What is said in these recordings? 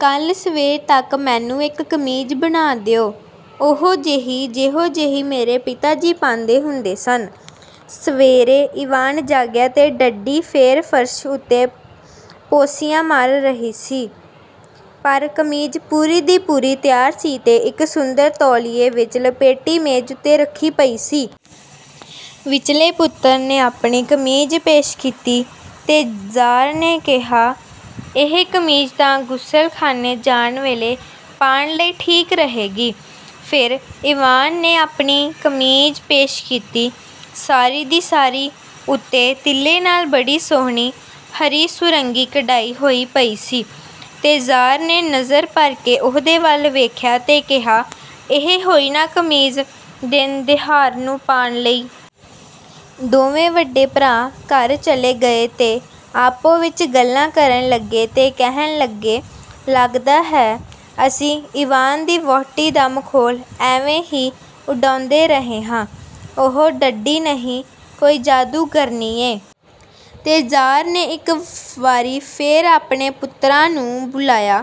ਕਲ੍ਹ ਸਵੇਰ ਤਕ ਮੈਨੂੰ ਇਕ ਕਮੀਜ਼ ਬਣਾ ਦਿਓ, ਓਹੋ ਜਿਹੀ ਜਿਹੋ ਜਿਹੀ ਮੇਰੇ ਪਿਤਾ ਜੀ ਪਾਂਦੇ ਹੁੰਦੇ ਸਨ। " ਸਵੇਰੇ ਈਵਾਨ ਜਾਗਿਆ ਤੇ ਡੱਡੀ ਫੇਰ ਫ਼ਰਸ਼ ਉਤੇ ਪੋਸੀਆਂ ਮਾਰ ਰਹੀ ਸੀ, ਪਰ ਕਮੀਜ਼ ਪੂਰੀ ਦੀ ਪੂਰੀ ਤਿਆਰ ਸੀ ਤੇ ਇਕ ਸੁੰਦਰ ਤੌਲੀਏ ਵਿਚ ਲਪੇਟੀ ਮੇਜ਼ ਉਤੇ ਰਖੀ ਪਈ ਸੀ। ਵਿਚਲੇ ਪੁੱਤਰ ਨੇ ਆਪਣੀ ਕਮੀਜ਼ ਪੇਸ਼ ਕੀਤੀ, ਤੇ ਜ਼ਾਰ ਨੇ ਕਿਹਾ, "ਇਹ ਕਮੀਜ਼ ਤਾਂ ਗ਼ੁਸਲਖਾਨੇ ਜਾਣ ਵੇਲੇ ਪਾਣ ਲਈ ਠੀਕ ਰਹੇਗੀ।" ਫੇਰ ਈਵਾਨ ਨੇ ਆਪਣੀ ਕਮੀਜ਼ ਪੇਸ਼ ਕੀਤੀ। ਸਾਰੀ ਦੀ ਸਾਰੀ ਉਤੇ ਤਿੱਲੇ ਨਾਲ ਬੜੀ ਸੁਹਣੀ, ਹਰੀ-ਸੁਰੰਗੀ ਕਢਾਈ ਹੋਈ ਪਈ ਸੀ, ਤੇ ਜ਼ਾਰ ਨੇ ਨਜ਼ਰ ਭਰਕੇ ਉਹਦੇ ਵਲ ਵੇਖਿਆ ਤੇ ਕਿਹਾ, "ਇਹ ਹੋਈ ਨਾ ਕਮੀਜ਼ ਦਿਨ-ਦਿਹਾਰ ਨੂੰ ਪਾਣ ਲਈ।" ਦੋਵੇਂ ਵਡੇ ਭਰਾ ਘਰ ਚਲੇ ਗਏ ਤੇ ਆਪੋ ਵਿੱਚ ਗੱਲਾਂ ਕਰਨ ਲਗੇ ਤੇ ਕਹਿਣ ਲਗੇ, ਲੱਗਦਾ ਹੈ, ਅਸੀਂ ਈਵਾਨ ਦੀ ਵਹੁਟੀ ਦਾ ਮਖੌਲ ਐਵੇਂ ਹੀ ਉਡਾਂਦੇ ਰਹੇ ਹਾਂ। ਉਹ ਡੱਡੀ ਨਹੀਂ, ਕੋਈ ਜਾਦੂਗਰਨੀ ਏ। ਤੇ ਜ਼ਾਰ ਨੇ ਇੱਕ ਵਾਰੀ ਫੇਰ ਆਪਣੇ ਪੁੱਤਰਾਂ ਨੂੰ ਬੁਲਾਇਆ।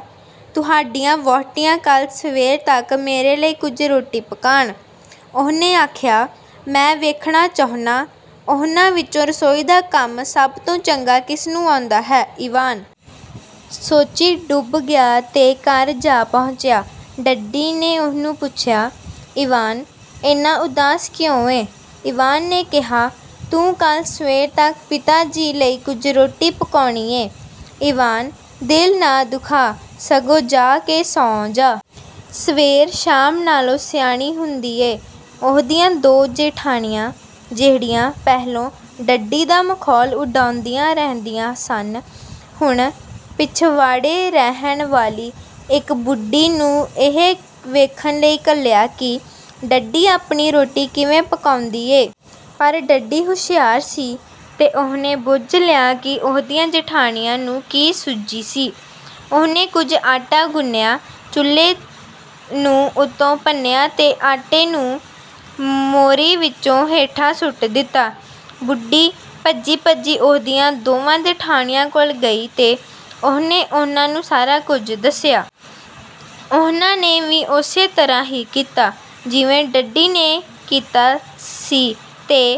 "ਤੁਹਾਡੀਆਂ ਵਹੁਟੀਆਂ ਕਲ੍ਹ ਸਵੇਰ ਤਕ ਮੇਰੇ ਲਈ ਕੁਝ ਰੋਟੀ ਪਕਾਣ," ਉਹਨੇ ਆਖਿਆ। "ਮੈਂ ਵੇਖਣਾ ਚਾਹੁੰਨਾਂ, ਉਹਨਾਂ ਵਿੱਚੋਂ ਰਸੋਈ ਦਾ ਕੰਮ ਸਭ ਤੋਂ ਚੰਗਾ ਕਿਸਨੂੰ ਆਉਂਦਾ ਹੈ।"ਈਵਾਨ ਸੋਚੀਂ ਡੁੱਬ ਗਿਆ ਤੇ ਘਰ ਜਾ ਪਹੁੰਚਿਆ। ਡੱਡੀ ਨੇ ਉਹਨੂੰ ਪੁੱਛਿਆ, "ਈਵਾਨ, ਏਨਾ ਉਦਾਸ ਕਿਉਂ ਏਂ?" ਈਵਾਨ ਨੇ ਕਿਹਾ, "ਤੂੰ ਕੱਲ੍ਹ ਸਵੇਰ ਤੱਕ ਪਿਤਾ ਜੀ ਲਈ ਕੁਝ ਰੋਟੀ ਪਕਾਉਣੀ ਏਂ।""ਈਵਾਨ, ਦਿਲ ਨਾ ਦੁਖਾ, ਸਗੋਂ ਜਾ ਕੇ ਸੌਂ ਜਾ। ਸਵੇਰ ਸ਼ਾਮ ਨਾਲੋਂ ਸਿਆਣੀ ਹੁੰਦੀ ਏ।" ਉਹਦੀਆਂ ਦੋ ਜੇਠਾਣੀਆਂ, ਜਿਹੜੀਆਂ ਪਹਿਲੋਂ ਡੱਡੀ ਦਾ ਮਖੌਲ ਉਡਾਉਂਦੀਆਂ ਰਿੰਹਦੀਆਂ ਸਨ, ਹੁਣ ਪਿਛਵਾੜੇ ਰਹਿਣ ਵਾਲੀ ਇੱਕ ਬੁੱਢੀ ਨੂੰ ਇਹ ਵੇਖਣ ਲਈ ਘੱਲਿਆ ਕਿ ਡੱਡੀ ਆਪਣੀ ਰੋਟੀ ਕਿਵੇਂ ਪਕਾਉਂਦੀ ਏ? ਪਰ ਡੱਡੀ ਹੁਸ਼ਿਆਰ ਸੀ ਤੇ ਉਹਨੇ ਬੁੱਝ ਲਿਆ ਕਿ ਉਹਦੀਆਂ ਜੇਠਾਣੀਆਂ ਨੂੰ ਕੀ ਸੁੱਝੀ ਸੀ। ਉਹਨੇ ਕੁਝ ਆਟਾ ਗੁੰਨਿਆ, ਚੁੱਲ੍ਹੇ ਨੂੰ ਉੱਤੋਂ ਭੰਨਿਆ ਤੇ ਆਟੇ ਨੂੰ ਮੋਰੀ ਵਿੱਚੋਂ ਹੇਠਾਂ ਸੁੱਟ ਦਿੱਤਾ। ਬੁੱਢੀ ਭੱਜੀ-ਭੱਜੀ ਉਹਦੀਆਂ ਦੋਵਾਂ ਜੇਠਾਣੀਆਂ ਕੋਲ ਗਈ ਤੇ ਉਹਨੇ ਉਹਨਾਂ ਨੂੰ ਸਾਰਾ ਕੁਝ ਦੱਸਿਆ। ਉਹਨਾਂ ਨੇ ਵੀ ਓਸੇ ਤਰ੍ਹਾਂ ਹੀ ਕੀਤਾ, ਜਿਵੇਂ ਡੱਡੀ ਨੇ ਕੀਤਾ ਸੀ। ਤੇ